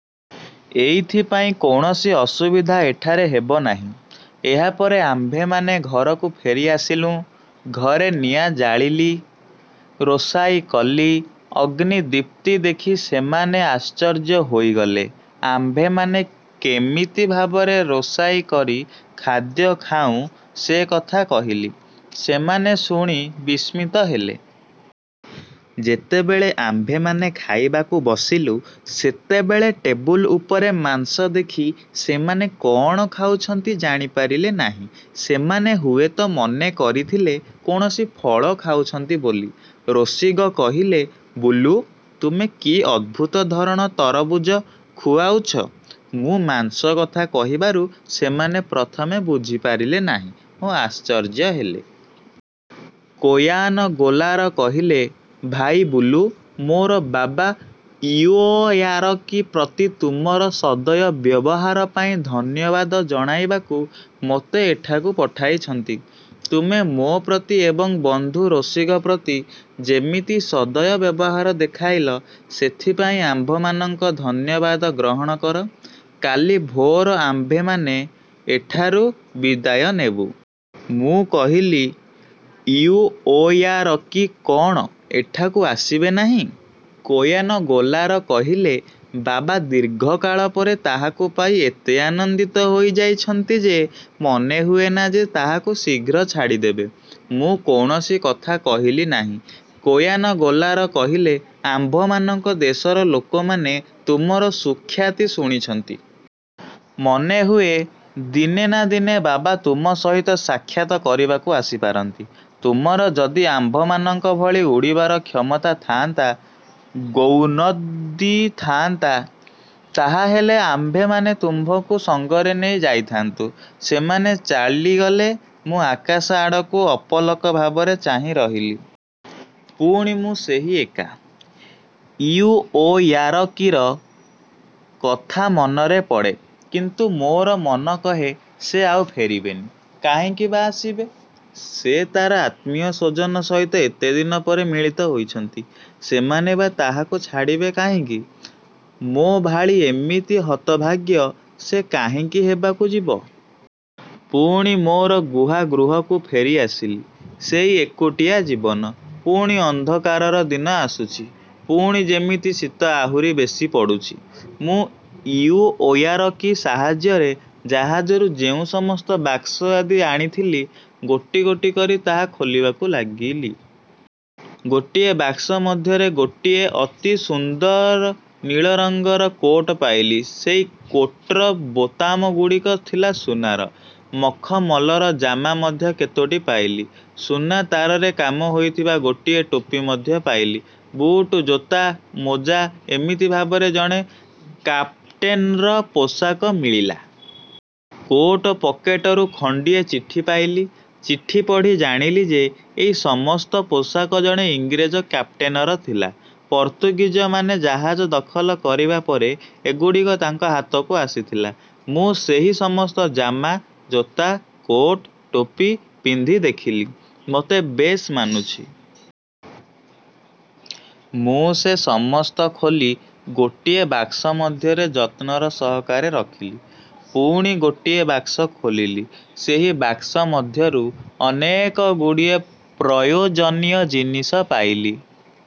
ଏଇଥିପାଇଁ କୌଣସି ଅସୁବିଧା ଏଠାରେ ହେବ ନାହିଁ। ଏହାପରେ ଆମ୍ଭେମାନେ ଘରକୁ ଫେରିଆସିଲୁଁ, ଘରେ ନିଆଁ ଜାଳିଲି, ରୋଷାଇ କଲି। ଅଗ୍ନି ଦୀପ୍ତି ଦେଖି ସେମାନେ ଆଶ୍ଚର୍ଯ୍ୟ ହୋଇଗଲେ। ଆମ୍ଭେମାନେ କେମିତି ଭାବରେ ରୋଷାଇ କରି ଖାଦ୍ୟ ଖାଉଁ ସେ କଥା କହିଲି। ସେମାନେ ଶୁଣି ବିସ୍ମିତ ହେଲେ। ଯେତେବେଳେ ଆମ୍ଭେମାନେ ଖାଇବାକୁ ବସିଲୁ, ସେତେବେଳେ ଟେବୁଲ ଉପରେ ମାଂସ ଦେଖି ସେମାନେ କ'ଣ ଖାଉଛନ୍ତି ଜାଣିପାରିଲେ ନାହିଁ। ସେମାନେ ହୁଏତ ମନେକରିଥିଲେ କୌଣସି ଫଳ ଖାଉଛନ୍ତି ବୋଲି। ରୋସିଗ କହିଲେ, ''ବୁଲୁ, ତୁମେ କି ଅଦ୍ଭୁତଧରଣ ତରବୁଜ ଖୁଆଉଛ? '' ମୁଁ ମାଂସ କଥା କହିବାରୁ ସେମାନେ ପ୍ରଥମେ ବୁଝିପାରିଲେ ନାହିଁ ଓ ଆଶ୍ଚର୍ଯ୍ୟ ହେଲେ-। କୋୟାନ ଗୋଲାର କହିଲେ, ଭାଇ ବୁଲୁ, ମୋର ବାବା ଇଉଓୟାରକି ପ୍ରତି ତୁମର ସଦୟ ବ୍ୟବହାରପାଇଁ ଧନ୍ୟବାଦ ଜଣାଇବାକୁ ମୋତେ ଏଠାକୁ ପଠାଇଛନ୍ତି। ତୁମେ ମୋ'ପ୍ରତି ଏବଂ ବନ୍ଧୁ ରୋସିଗ ପ୍ରତି ଯେମିତି ସଦୟ ବ୍ୟବହାର ଦେଖାଇଲ, ସେଥିପାଇଁ ଆମ୍ଭମାନଙ୍କ ଧନ୍ୟବାଦ ଗ୍ରହଣ କର। କାଲି ଭୋର ଆମ୍ଭେମାନେ ଏଠାରୁ ବିଦାୟ ନେବୁ। ମୁଁ କହିଲି, ଇଉଓୟାରକି କ'ଣ ଏଠାକୁ ଆସିବେ ନାହିଁ? କୋୟାନ ଗୋଲାର କହିଲେ, ''ବାବା ଦୀର୍ଘକାଳ ପରେ ତାହାକୁ ପାଇ ଏତେ ଆନନ୍ଦିତ ହୋଇଯାଇଛନ୍ତି ଯେ, ମନେହୁଏନା ଯେ ତାହାକୁ ଶୀଘ୍ର ଛାଡ଼ିଦେବେ। '' ମୁଁ କୌଣସି କଥା କହିଲି ନାହିଁ। କୋୟାନ ଗୋଲାର କହିଲେ, ''ଆମ୍ଭମାନଙ୍କ ଦେଶର ଲୋକମାନେ ତୁମର ସୁଖ୍ୟାତି ଶୁଣିଛନ୍ତି। ମନେହୁଏ ଦିନେ ନା ଦିନେ ବାବା ତୁମ ସହିତ ସାକ୍ଷାତ କରିବାକୁ ଆସିପାରନ୍ତି। ତୁମର ଯଦି ଆମ୍ଭମାନଙ୍କ ଭଳି ଉଡ଼ିବାର କ୍ଷମତା ଥାଆନ୍ତା, ଗ୍ରୌନଦି ଥାଆନ୍ତା, ତାହାହେଲେ ଆମ୍ଭେମାନେ ତୁମ୍ଭଙ୍କୁ ସଙ୍ଗରେ ନେଇ ଯାଇଥା'ନ୍ତୁ। ସେମାନେ ଚାଲିଗଲେ। ମୁଁ ଆକାଶ ଆଡ଼କୁ ଅପଲକ ଭାବରେ ଚାହିଁରହିଲି। ପୁଣି ମୁଁ ସେହି ଏକା। ଇଉଓୟାରକିର। କଥା ମନରେ ପଡ଼େ। କିନ୍ତୁ ମୋର ମନ କହେ ସେ ଆଉ ଫେରିବେନି। କାହିଁକି ବା ଆସିବେ? ସେ ତା'ର ଆତ୍ମୀୟସ୍ୱଜନ ସହିତ ଏତେଦିନ ପରେ ମିଳିତ ହୋଇଛନ୍ତି। ସେମାନେ ବା ତାହାକୁ ଛାଡ଼ିବେ କାହିଁକି? ମୋ'ଭାଳି ଏମିତି ହତଭାଗ୍ୟ ସେ କାହିଁକି ହେବାକୁ ଯିବ? ପୁଣି ମୋର ଗୁହା ଗୃହକୁ ଫେରିଆସିଲି। ସେଇ ଏକୁଟିଆ ଜୀବନ। ପୁଣି ଅନ୍ଧକାରର ଦିନ ଆସୁଛି। ପୁଣି ଯେମିତି ଶୀତ ଆହୁରି ବେଶି ପଡ଼ୁଛି। ମୁଁ ଇଉଓୟାରକି ସାହାଯ୍ୟରେ ଜାହାଜରୁ ଯେଉଁ ସମସ୍ତ ବାକ୍ସ ଆଦି ଆଣିଥିଲି, ଗୋଟି ଗୋଟି କରି ତାହା ଖୋଲିବାକୁ ଲାଗିଲି। ଗୋଟିଏ ବାକ୍ସ ମଧ୍ୟରେ ଗୋଟିଏ ଅତି ସୁନ୍ଦର ନୀଳରଙ୍ଗର କୋଟ୍ ପାଇଲି। ସେଇ କୋଟ୍ର ବୋତାମଗୁଡ଼ିକ ଥିଲା ସୁନାର। ମଖମଲର ଜାମା ମଧ୍ୟ କେତୋଟି ପାଇଲି। ସୁନା ତାରରେ କାମ ହୋଇଥିବା ଗୋଟିଏ ଟୋପି ମଧ୍ୟ ପାଇଲି। ବୁଟ୍ ଜୋତା, ମୋଜା-ଏମିତି ଭାବରେ ଜଣେ କାପ୍ଟେନର ପୋଷାକ ମିଳିଲା। କୋଟ୍ ପକେଟରୁ ଖଣ୍ଡିଏ ଚିଠି ପାଇଲି, ଚିଠି ପଢ଼ି ଜାଣିଲି ଯେ, ଏଇ ସମସ୍ତ ପୋଷାକ ଜଣେ ଇଂରେଜ କାପ୍ଟେନର ଥିଲା। ପର୍ତ୍ତୁଗୀଜମାନେ ଜାହାଜ ଦଖଲ କରିବା ପରେ ଏଗୁଡ଼ିକ ତାଙ୍କ ହାତକୁ ଆସିଥିଲା। ମୁଁ ସେହି ସମସ୍ତ ଜାମା, ଜୋତା, କୋଟ୍, ଟୋପି ପିନ୍ଧି ଦେଖିଲି, ମୋତେ ବେଶ୍ ମାନୁଛି। ମୁଁ ସେ ସମସ୍ତ ଖୋଲି ଗୋଟିଏ ବାକ୍ସ ମଧ୍ୟରେ ଯତ୍ନର ସହକାରେ ରଖିଲି। ପୁଣି ଗୋଟିଏ ବାକ୍ସ ଖୋଲିଲି। ସେହି ବାକ୍ସ ମଧ୍ୟରୁ ଅନେକଗୁଡ଼ିଏ ପ୍ରୟୋଜନୀୟ ଜିନିଷ ପାଇଲି।